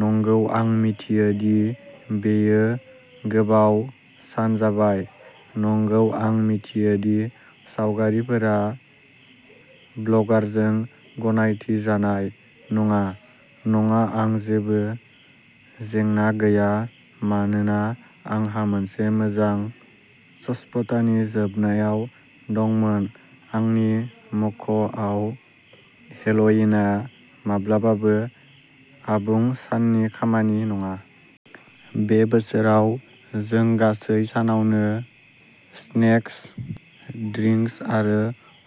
नंगौ, आं मिथियो दि बेयो गोबाव सान जाबाय। नंगौ, आं मिथियो दि सावगारिफोरा ब्लगारजों गनायथि जानाय नङा। नङा, आं जेबो जेंना गैया मानोना आंहा मोनसे मोजां ससपतानि जोबनायाव दंमोन आंनि मख'आव हेल'विनआ माब्लाबाबो आबुं साननि खामानि नङा। बे बोसोराव जों गासै सानावनो स्नेक्स, ड्रिंक्स आरो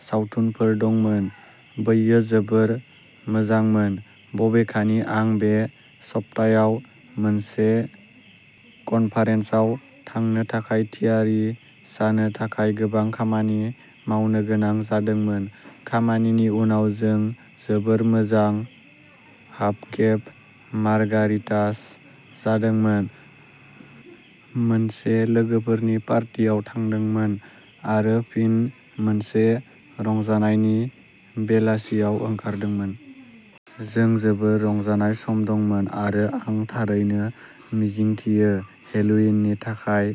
सावथुनफोर दंमोन। बेयो जोबोद मोजांमोन, बबेखानि, आं बे सप्तायाव मोनसे कन्फारेन्सआव थांनो थाखाय थियारि जानो थाखाय गोबां खामानि मावनो गोनां जादोंमोन। खामानिनि उनाव, जों जोबोद मोजां हाबकेप मार्गारिटास जादोंमोन, मोनसे लोगोफोरनि पार्टियाव थांदोंमोन आरो फिन मोनसे रंजानायनि बेलासियाव ओंखारदोंमोन। जों जोबोद रंजानाय सम दंमोन, आरो आं थारैनो मिजिंथियो हेल'विननि थाखाय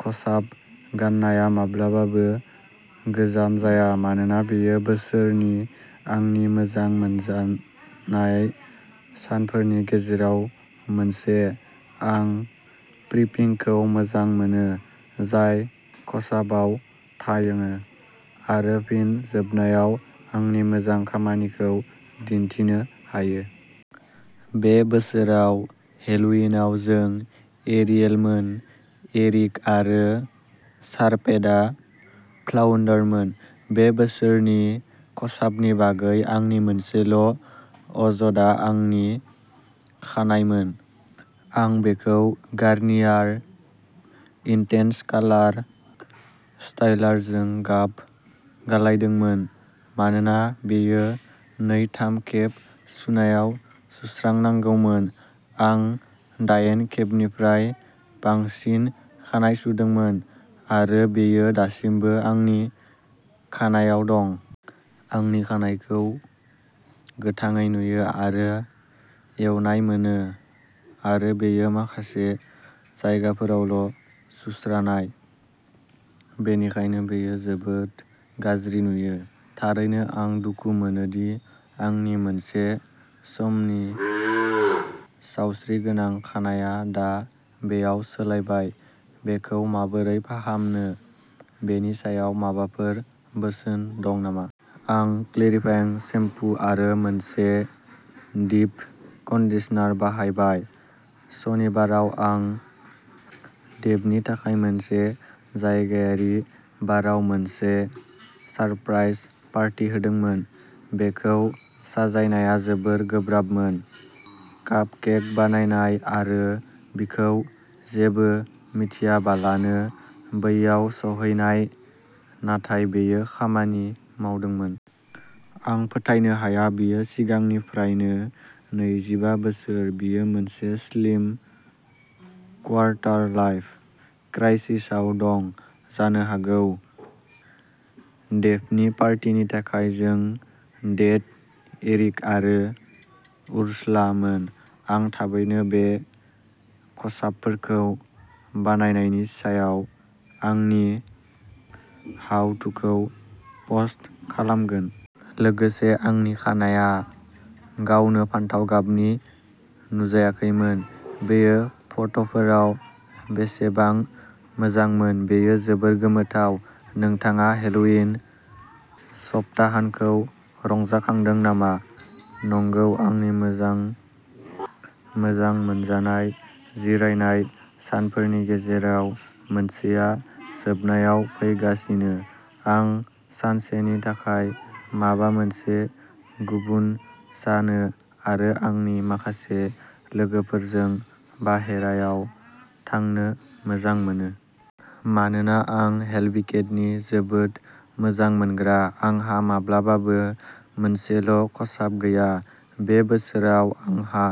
खसाब गान्नाया माब्लाबाबो गोजाम जाया, मानोना बेयो बोसोरनि आंनि मोजां मोनजानाय सानफोरनि गेजेराव मोनसे। आं प्रिपिंखौ मोजां मोनो जाय खसाबआव थाङो, आरो फिन जोबनायाव आंनि मोजां खामानिखौ दिन्थिनो हायो। बे बोसोराव हेल'विनआव जों एरियेलमोन, एरिक, आरो शार्कबेटआ फ्लाउन्डारमोन। बे बोसोरनि खसाबनि बागै आंनि मोनसेल' अजदआ आंनि खानाइमोन। आं बेखौ गार्नियार इन्टेन्स कालार स्टाइलारजों गाब गालायदोंमोन मानोना बेयो नै-थाम खेब सुनायाव सुस्रानांगौमोन। आं दायेन खेबनिफ्राय बांसिन खानाइ सुदोंमोन आरो बेयो दासिमबो आंनि खानाइआव दं। आंनि खानाइखौ गोथाङै नुयो आरो एवनाय मोनो, आरो बेयो माखासे जायगाफोरावल' सुस्रानाय, बेनिखायनो बेयो जोबोद गाज्रि नुयो। थारैनो आं दुखु मोनो दि आंनि मोनसे समनि सावस्रिगोनां खानाइया दा बेयाव सोलायबाय। बेखौ माबोरै फाहामनो बेनि सायाव माबाफोर बोसोन दं नामा? आं क्लेरिफाइं सेम्पु आरो मोनसे डीप कन्डिशनार बाहायबाय। सनिबाराव, आं डेभनि थाखाय मोनसे जायगायारि बारआव मोनसे सारप्राइज पार्टी होदोंमोन। बेखौ साजायनाया जोबोद गोब्राबमोन, कापकेक बानायनाय, आरो बिखौ जेबो मिथियाबालानो बैयाव सौहैहोनाय, नाथाय बेयो खामानि मावदोंमोन। आं फोथायनो हाया बियो सिगांनिफ्रायनो नैजिबा बोसोर, बियो मोनसे स्लिम क्वार्टार-लाइफ क्राइसिसआव दं जानो हागौ। डेभनि पार्टिनि थाखाय जों डेड एरिक आरो उर्सुला मोन। आं थाबैनो बे खसाबफोरखौ बानायनायनि सायाव आंनि हाउ-थुखौ पस्ट खालामगोन। लोगोसे, आंनि खानाया गावनो फान्थाव गाबनि नुजायाखैमोन, बेयो फट'फोराव बेसेबां मोजांमोनो बेयो जोबोद गोमोथाव। नोंथाङा हेल'विन सप्ताहान्तखौ रंजाखांदों नामा? नंगौ आंनि मोजां मोजां मोनजानाय जिरायनाय सानफोरनि गेजेराव मोनसेआ जोबनायाव फैगासिनो। आं सानसे नि थाखाय माबा मोनसे गुबुन जानो आरो आंनि माखासे लोगोफोरजों बाहेरायाव थांनो मोजां मोनो। मानोना आं हेल'विकेंडनि जोबोद मोजां मोनग्रा, आंहा माब्लाबाबो मोनसेल' खसाब गैया। बे बोसोराव आंहा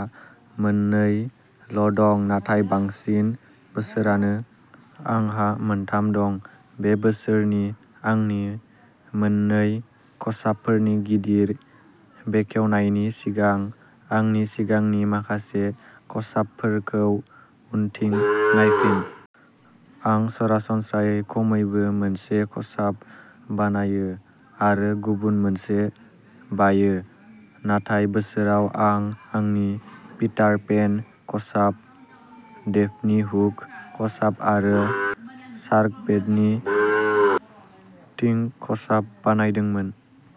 मोन नै ल' दं नाथाय बांसिन बोसोरानो आंहा मोनथाम दं। बे बोसोरनि आंनि मोन्नै खसाबफोरनि गिदिर बेखेवनायनि सिगां, आंनि सिगांनि माखासे खसाबफोरखौ उनथिं नायफिन। आं सरासनस्रायै खमैबो मोनसे खसाब बानायो, आरो गुबुन मोनसे बायो। नाथाय बोसोराव, आं आंनि पिटार पेन खसाब, डेभनि हुक खसाब, आरो शार्कबेटनि टिंक खसाब बानायदोंमोन।